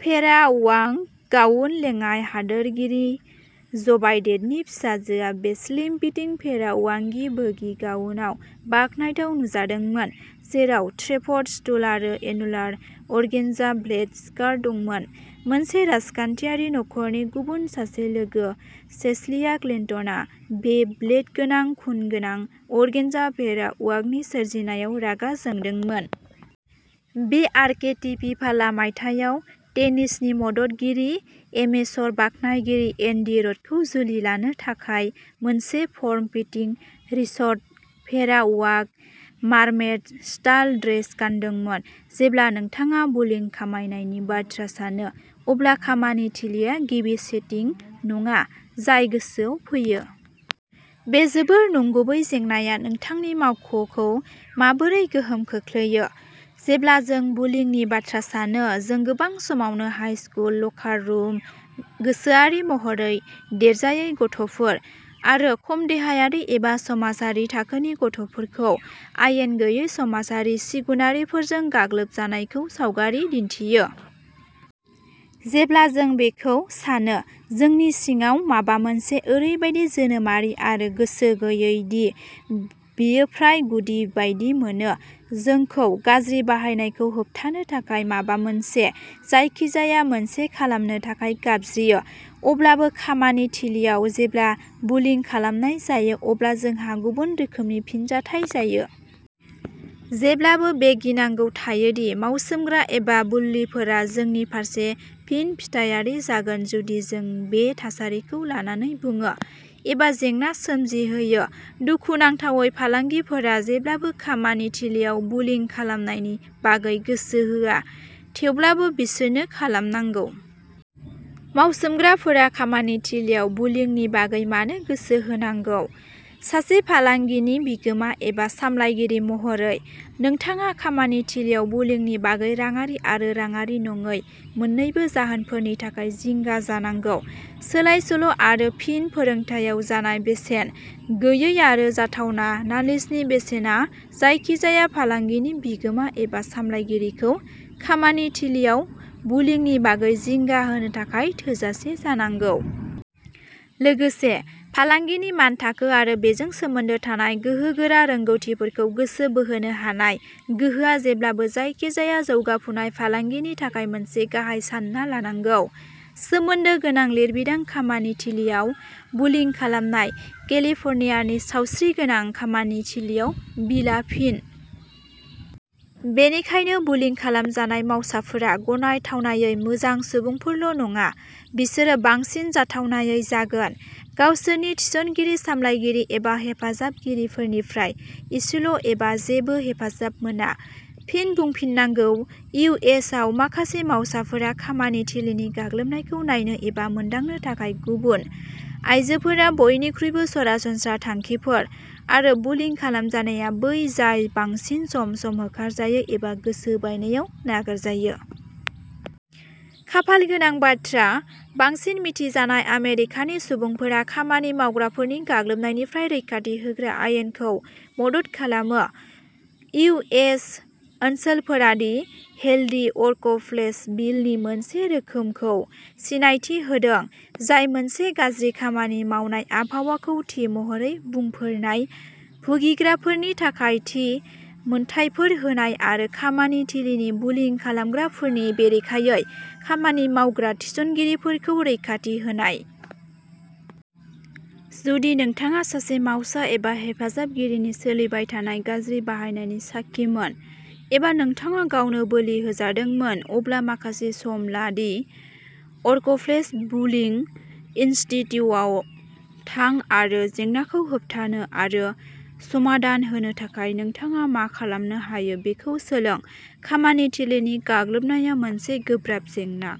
फेरा Wang gown लेङाइ हादोरगिरि ज'बाइडेडनि फिसाजोआ बे स्लिम-फिटिं फेरा वांगि बोगी गाउनआव बाखनायथाव नुजादोंमोन, जेराव ड्रेपड ट्युल आरो एनुलार अर्गेन्जा ब्लेड स्कार्ट दंमोन। मोनसे राजखान्थियारि नखरनि गुबुन सासे लोगो, चेल्सिया क्लिन्टनआ, बे बेल्ट गोनां, खुन गोनां अर्गेन्जा भेरा वांगनि सोरजिनायाव रागा जोंदोंमोन। बे आरकेटिपिपाला मायथाइयाव टेनिसनि मददगिरि एमेच'र बाख्नायगिरि एन्डि रडखौ जुलि लानो थाखाय मोनसे फर्म-फिटिं, रिचड फेरा वाक मार्मेड-स्टाइल ड्रेस गानदोंमोन। जेब्ला नोंथाङा बुलिं खालामनायनि बाथ्रा सानो, अब्ला खामानि थिलिआ गिबि सेटिं नङा जाय गोसोआव फैयो। बे जोबोद नंगुबै जेंनाया नोंथांनि मावख'खौ माबोरै गोहोम खोख्लैयो? जेब्ला जों बुलिंनि बाथ्रा सानो, जों गोबां समावनो हाइ स्कुल लकार रुम, गोसोआरि महरै देरजायै गथ'फोर, आरो खम देहायारि एबा समाजारि थाखोनि गथ'फोरखौ आयेन गैयै समाजारि सिगुनारिफोरजों गाग्लोबजानायखौ सावगारि दिन्थियो। जेब्ला जों बेखौ सानो, जोंनि सिङाव माबा मोनसे, ओरैबादि जोनोमारि आरो गोसो गैयै दि बियो फ्राय गुदि बायदि मोनो, जोंखौ गाज्रि बाहायनायखौ होबथानो थाखाय माबा मोनसे जायखिजाया मोनसे खालामनो थाखाय गाबज्रियो। अब्लाबो, खामानि थिलिआव, जेब्ला बुलिं खालामनाय जायो, अब्ला जोंहा गुबुन रोखोमनि फिनजाथाय जायो। जेब्लाबो बे गिनांगौ थायो दि मावसोमग्रा एबा बुल्लिफोरा जोंनि फारसे फिनफिथायारि जागोन जुदि जों बे थासारिखौ लानानै बुङो एबा जेंना सोमजिहोयो। दुखुनांथावै फालांगिफोरा जेब्लाबो खामानि थिलिआव बुलिं खालामनायनि बागै गोसो होआ, थेवब्लाबो बिसोरनो खालामनांगौ। मावसोमग्राफोरा खामानि थिलिआव बुलिंनि बागै मानो गोसो होनांगौ? सासे फालांगिनि बिगोमा एबा सामलायगिरि महरै, नोंथाङा खामानि थिलिआव बुलिंनि बागै राङारि आरो राङारि नङै मोननैबो जाहोनफोरनि थाखाय जिंगा जानांगौ। सोलायसोल' आरो फिन-फोरोंथायाव जानाय बेसेन, गैयै आरो जाथावना नालिसनि बेसेना जायखिजाया फालांगिनि बिगोमा एबा सामलायगिरिखौ खामानि थिलिआव बुलिंनि बागै जिंगा होनो थाखाय थोजासे जानांगौ। लोगोसे, फालांगिनि मानथाखो आरो बेजों सोमोन्दो थानाय गोहो गोरा रोंग'थिफोरखौ गोसो बोहोनो हानाय गोहोआ जेब्लाबो जायखिजाया जौगाफुनाय फालांगिनि थाखाय मोनसे गाहाय सानना लानांगौ। सोमोन्दो गोनां लिरबिदां खामानि थिलिआव बुलिं खालामनाय केलिफर्नियानि सावस्रिगोनां खामानि थिलिआव बिलआ फिन -- बेनिखायनो बुलिं खालामजानाय मावसाफोरा गनायथावनायै मोजां सुबुंफोरल' नङा, बिसोरो बांसिन जाथावनायै जागोन। गावसोरनि थिसनगिरि, सामलायगिरि एबा हेफाजाबगिरिफोरनिफ्राय एसेल' एबा जेबो हेफाजाब मोना। फिन बुंफिननांगौ इउ. एस. आव माखासे मावसाफोरा खामानि थिलिनि गाग्लोबनायखौ नायनो एबा मोनदांनो थाखाय गुबुन, आइजोफोरा बयनिख्रुइबो सरासनस्रा थांखिफोर, आरो बुलिं खालामजानाया बै जाय बांसिन सम-सम होखारजायो एबा गोसो बायनायाव नागारजायो। खाफाल गोनां बाथ्रा, बांसिन मिथिजानाय आमेरिकानि सुबुंफोरा खामानि मावग्राफोरनि गाग्लोबनायनिफ्राय रैखाथि होग्रा आयेनखौ मदद खालामो। इउ. एस. ओनसोलफोरा दि हेल्दि वर्कप्लेस बिल नि मोनसे रोखोमखौ सिनायथि होदों, जाय मोनसे गाज्रि खामानि मावनाय आबहावाखौ थि महरै बुंफोरनाय भुगिग्राफोरनि थाखाय थि मोनथायफोर होनाय आरो खामानि थिलिनि बुलिं खालामग्राफोरनि बेरेखायै खामानि मावग्रा थिसनगिरिफोरखौ रैखाथि होनाय। जुदि नोंथाङा सासे मावसा एबा हेफाजाबगिरिनि सोलिबाय थानाय गाज्रि बाहायनायनि साखिमोन, एबा नोंथाङा गावनो बोलि होजादोंमोन, अब्ला माखासे सम ला दि वरकप्लेस बुलिं इनस्टिटिउआव थां आरो जेंनाखौ होबथानो आरो समाधान होनो थाखाय नोंथाङा मा खालामनो हायो बेखौ सोलों। खामानि थिलिनि गाग्लोबनाया मोनसे गोब्राब जेंना।